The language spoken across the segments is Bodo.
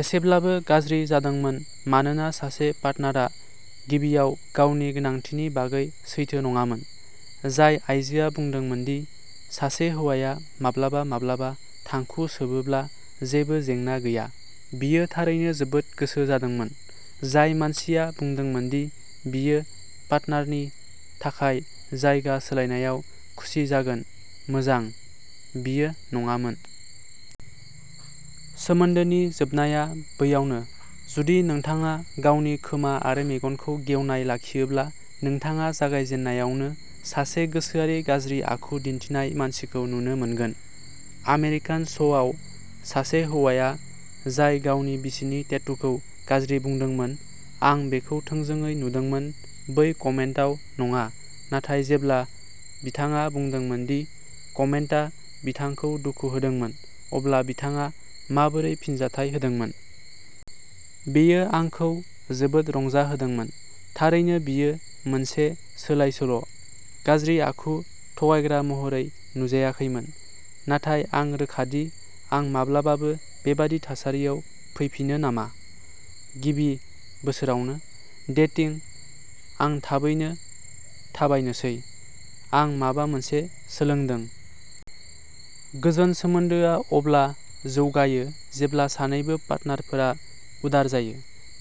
एसेब्लाबो गाज्रि जादोंमोन मानोना सासे पार्टनारआ गिबियाव गावनि गोनांथिनि बागै सैथो नङामोन। जाय आइजोआ बुंदोंमोन दि "सासे हौवाया माब्लाबा-माब्लाबा थांखु सोबोब्ला जेबो जेंना गैया", बियो थारैनो जोबोद गोसो जादोंमोन। जाय मानसिया बुंदोंमोन दि बियो पार्टनारनि थाखाय जायगा सोलायनायाव खुसि जागोन-मोजां, बियो नङामोन। सोमोन्दोनि जोबनाया बैयावनो। जुदि नोंथाङा गावनि खोमा आरो मेगनखौ गेवनाय लाखियोब्ला नोंथाङा जागायजेननायावनो सासे गोसोआरि गाज्रि आखु दिन्थिनाय मानसिखौ नुनो मोनगोन। आमेरिकान श'आव, सासे हौवाया जाय गावनि बिसिनि टेटूखौ गाज्रि बुंदोंमोन; आं बेखौ थोंजोङै नुदोंमोन-बै कमेन्टआव नङा, नाथाय जेब्ला बिथाङा बुंदोंमोन दि कमेन्टआ बिथांखौ दुखु होदोंमोन, अब्ला बिथाङा माबोरै फिनजाथाय होदोंमोन। बेयो आंखौ जोबोद रंजाहोदोंमोन। थारैनो बियो मोनसे सोलायसोल', गाज्रि आखु, थगायग्रा महरै नुजायाखैमोन, नाथाय आं रोखा दि आं माब्लाबाबो बेबादि थासारियाव फैफिनो नामा, गिबि बोसोरावनो। डेटिं, आं थाबैनो थाबायनोसै। आं माबा मोनसे सोलोंदों! गोजोन सोमोन्दोआ अब्ला जौगायो जेब्ला सानैबो पार्टनारफोरा उदार जायो।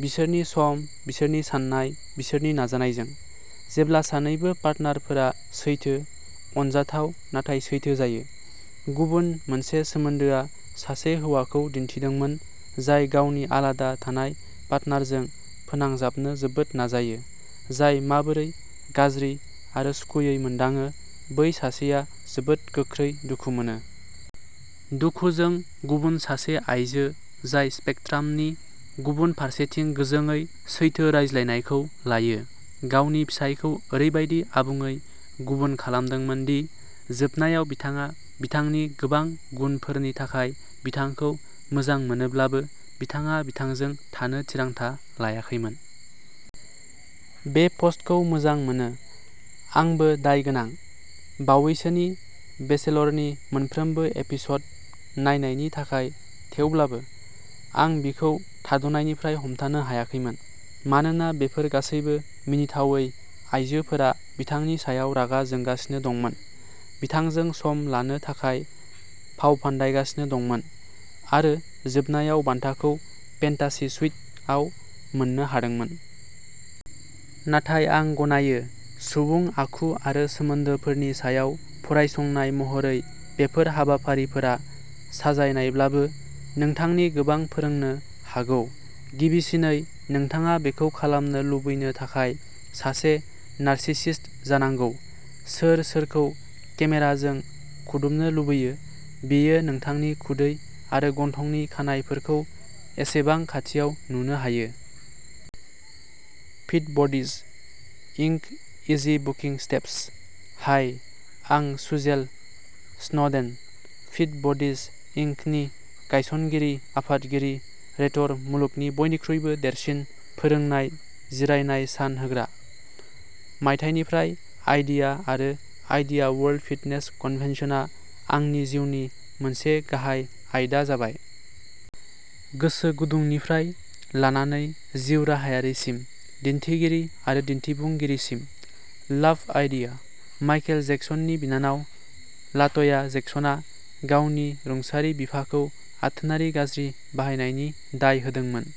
बिसोरनि सम, बिसोरनि साननाय, बिसोरनि नाजानायजों। जेब्ला सानैबो पार्टनारफोरा सैथो, अनजाथाव नाथाय सैथो जायो। गुबुन मोनसे सोमोन्दोआ सासे हौवाखौ दिन्थिदोंमोन, जाय गावनि आलादा थानाय पार्टनारजों फोनांजाबनो जोबोद नाजायो, जाय माबोरै गाज्रि आरो सुखुयै मोनदाङो बै सासेआ जोबोद गोख्रै दुखु मोनो। दुखुजों गुबुन सासे आयजो जाय स्पेकट्रामनि गुबुन फारसेथिं गोजोंयै सैथो रायज्लायनायखौ लायो, गावनि फिसायखौ ओरैबायदि आबुङै गुबुन खालामदोंमोन दि, जोबनायाव बिथाङा बिथांनि गोबां गुनफोरनि थाखाय बिथांखौ मोजां मोनोब्लाबो, बिथाङा बिथांजों थानो थिरांथा लायाखैमोन। बे पस्टखौ मोजां मोनो। आंबो दायगोनां... बावैसोनि बेचेलरनि मोनफ्रोमबो एपिस'ड नायनायनि थाखाय, थेवब्लाबो। आं बिखौ थाद'नायनिफ्राय हमथानो हायाखैमोन, मानोना बेफोर गासैबो मिनिथावै आइजोफोरा बिथांनि सायाव रागा जोंगासिनो दंमोन, बिथांजों सम लानो थाखाय फावफान्दायगासिनो दंमोन, आरो जोबनायाव बान्थाखौ "फेन्टासि सुइट" आव मोन्नो हादोंमोन। नाथाय आं गनायो। सुबुं आखु आरो सोमोन्दोफोरनि सायाव फरायसंनाय महरै बेफोर हाबाफारिफोरा, साजायनायब्लाबो, नोंथांनि गोबां फोरोंनो हागौ। गिबिसिनै, नोंथाङा बेखौ खालामनो लुबैनो थाखाय सासे नार्सिसिस्ट जानांगौ। सोर सोरखौ केमेराजों खुदुमनो लुबैयो, बेयो नोंथांनि खुदै आरो गन्थंनि खानाइफोरखौ एसेबां खाथियाव नुनो हायो? फिट बडीज, इंक.-इजि बुकिं स्टेप्स! हाय! आं Suzelle Snowden, Fit Buddies, Inc.. नि गायसनगिरि आफादगिरि रेटर-मुलुगनि बयनिख्रुइबो देरसिन फोरोंनाय जिरायनाय सान होग्रा। मायथाइनिफ्राय आइडिया आरो आइडिया वर्ल्ड फिटनेस कन्भेन्सनआ आंनि जिउनि मोनसे गाहाय आयदा जाबाय। गोसोगुदुंनिफ्राय लानानै जिउराहायारिसिम, दिन्थिगिरि आरो दिन्थिफुंगिरिसिम। Love IDEA! माइकेल जेक्सननि बिनानाव लाटया जेक्सनआ गावनि रुंसारि बिफाखौ आथोनारि गाज्रि बाहायनायनि दाय होदोंमोन।